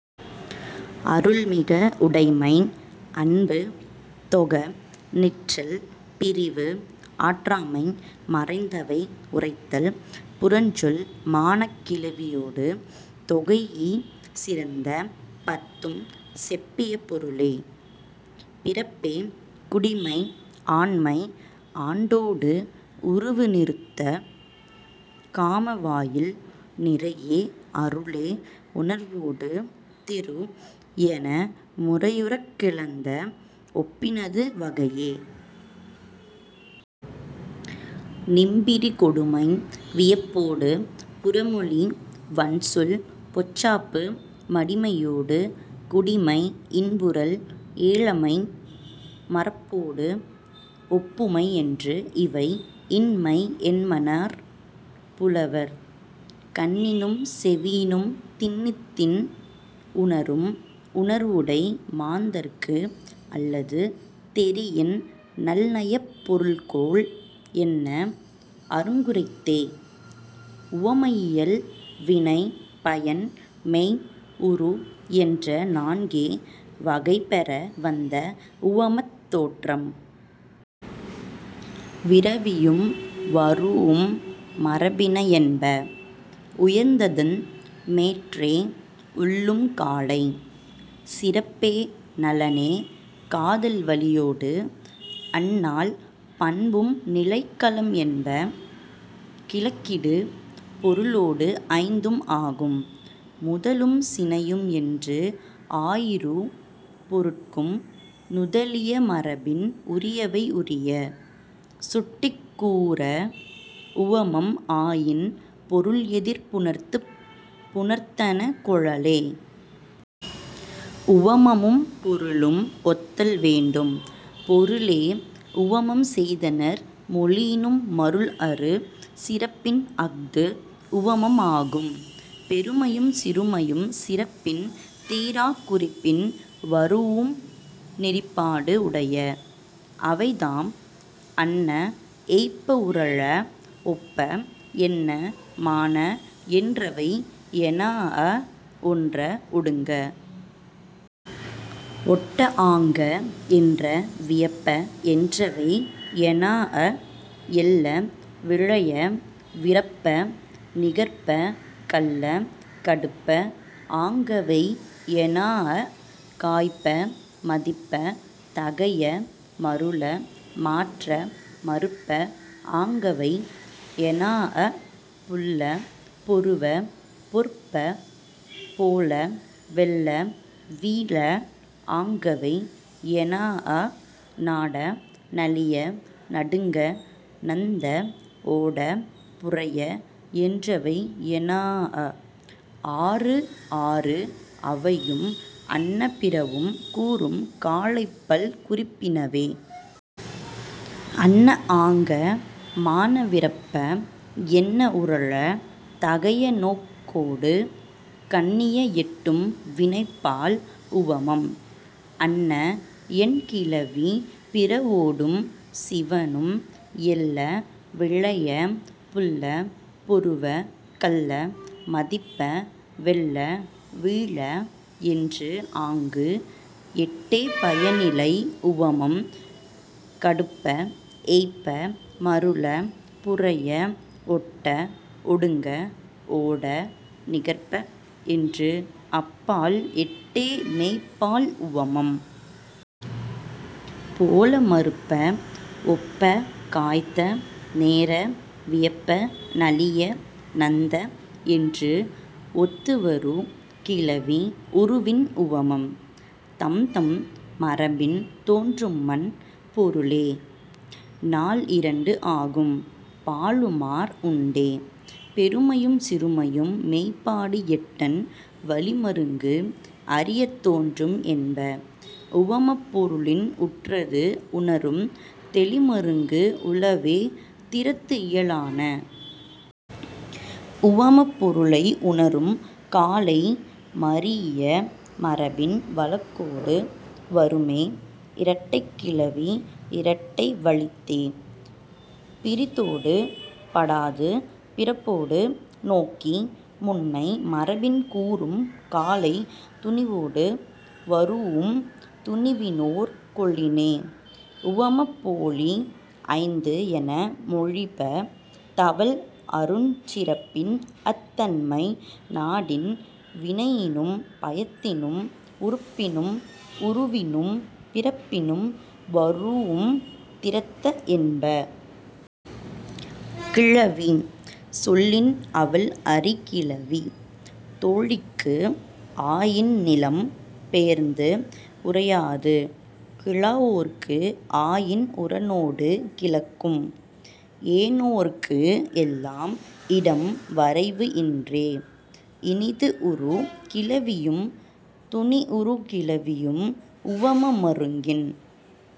அருள் மிக உடைமை அன்பு தொக நிற்றல் பிரிவு ஆற்றாமை மறைந்தவை உரைத்தல் புறஞ்சொல் மாணாக் கிளவியொடு தொகைஇ சிறந்த பத்தும் செப்பிய பொருளே. பிறப்பே குடிமை ஆண்மை ஆண்டொடு உருவு நிறுத்த காம வாயில் நிறையே அருளே உணர்வொடு திரு என முறையுறக் கிளந்த ஒப்பினது வகையே. நிம்பிரி கொடுமை வியப்பொடு புறமொழி வன்சொல் பொச்சாப்பு மடிமையொடு குடிமை இன்புறல் ஏழைமை மறப்பொடு ஒப்புமை என்று இவை இன்மை என்மனார் புலவர். கண்ணினும் செவியினும் திண்ணிதின் உணரும் உணர்வுடை மாந்தர்க்கு அல்லது தெரியின் நல் நயப் பொருள்கோள் எண்ண அருங்குரைத்தே.. உவமயியல் வினை பயன் மெய் உரு என்ற நான்கே வகை பெற வந்த உவமத் தோற்றம். விரவியும் வரூஉம் மரபின என்ப. உயர்ந்ததன் மேற்றே உள்ளும் காலை. சிறப்பே நலனே காதல் வலியொடு அந் நால் பண்பும் நிலைக்களம் என்ப. கிழக்கிடு பொருளொடு ஐந்தும் ஆகும். முதலும் சினையும் என்று ஆயிரு பொருட்கும் நுதலிய மரபின் உரியவை உரிய. சுட்டிக் கூறா உவமம் ஆயின் பொருள் எதிர் புணர்த்துப் புணர்த்தன கொளலே. உவமமும் பொருளும் ஒத்தல் வேண்டும். பொருளே உவமம் செய்தனர் மொழியினும் மருள் அறு சிறப்பின் அஃது உவமம் ஆகும். பெருமையும் சிறுமையும் சிறப்பின் தீராக் குறிப்பின் வரூஉம் நெறிப்பாடு உடைய. அவைதாம், அன்ன ஏய்ப்ப உறழ ஒப்ப என்ன மான என்றவை எனாஅ ஒன்ற ஒடுங்க ஒட்ட ஆங்க என்ற வியப்ப என்றவை எனாஅ எள்ள விழைய விறப்ப நிகர்ப்ப கள்ள கடுப்ப ஆங்கவை எனாஅ காய்ப்ப மதிப்ப தகைய மருள மாற்ற மறுப்ப ஆங்கவை எனாஅ புல்ல பொருவ பொற்ப போல வெல்ல வீழ ஆங்கவை எனாஅ நாட நளிய நடுங்க நந்த ஓட புரைய என்றவை எனாஅ ஆறு ஆறு அவையும் அன்ன பிறவும் கூறும் காலைப் பல் குறிப்பினவே. அன்ன ஆங்க மான விறப்ப என்ன உறழ தகைய நோக்கொடு கண்ணிய எட்டும் வினைப்பால் உவமம். அன்ன என் கிளவி பிறவொடும் சிவணும். எள்ள விழைய புல்ல பொருவ கள்ள மதிப்ப வெல்ல வீழ என்று ஆங்கு எட்டே பயனிலை உவமம். கடுப்ப ஏய்ப்ப மருள புரைய ஒட்ட ஒடுங்க ஓட நிகர்ப்ப என்று அப் பால் எட்டே மெய்ப்பால் உவமம். போல மறுப்ப ஒப்ப காய்த்த நேர வியப்ப நளிய நந்த என்று ஒத்து வரு கிளவி உருவின் உவமம். தம்தம் மரபின் தோன்றுமன் பொருளே. நால் இரண்டு ஆகும் பாலுமார் உண்டே. பெருமையும் சிறுமையும் மெய்ப்பாடு எட்டன் வழி மருங்கு அறியத் தோன்றும் என்ப. உவமப் பொருளின் உற்றது உணரும் தெளி மருங்கு உளவே திறத்து இயலான. உவமப் பொருளை உணரும் காலை மரீஇய மரபின் வழக்கொடு வருமே. இரட்டைக்கிளவி இரட்டை வழித்தே. பிறிதொடு படாது பிறப்பொடு நோக்கி முன்னை மரபின் கூறும் காலை துணிவொடு வரூஉம் துணிவினோர் கொளினே. உவமப் போலி ஐந்து என மொழிப. தவல் அருஞ் சிறப்பின் அத் தன்மை நாடின் வினையினும் பயத்தினும் உறுப்பினும் உருவினும் பிறப்பினும் வரூஉம் திறத்த என்ப. கிழவி சொல்லின் அவள் அறி கிளவி. தோழிக்கு ஆயின் நிலம் பெயர்ந்து உரையாது. கிழவோற்கு ஆயின் உரனொடு கிளக்கும். ஏனோர்க்கு எல்லாம் இடம் வரைவு இன்றே. இனிது உறு கிளவியும் துனி உறு கிளவியும் உவம மருங்கின்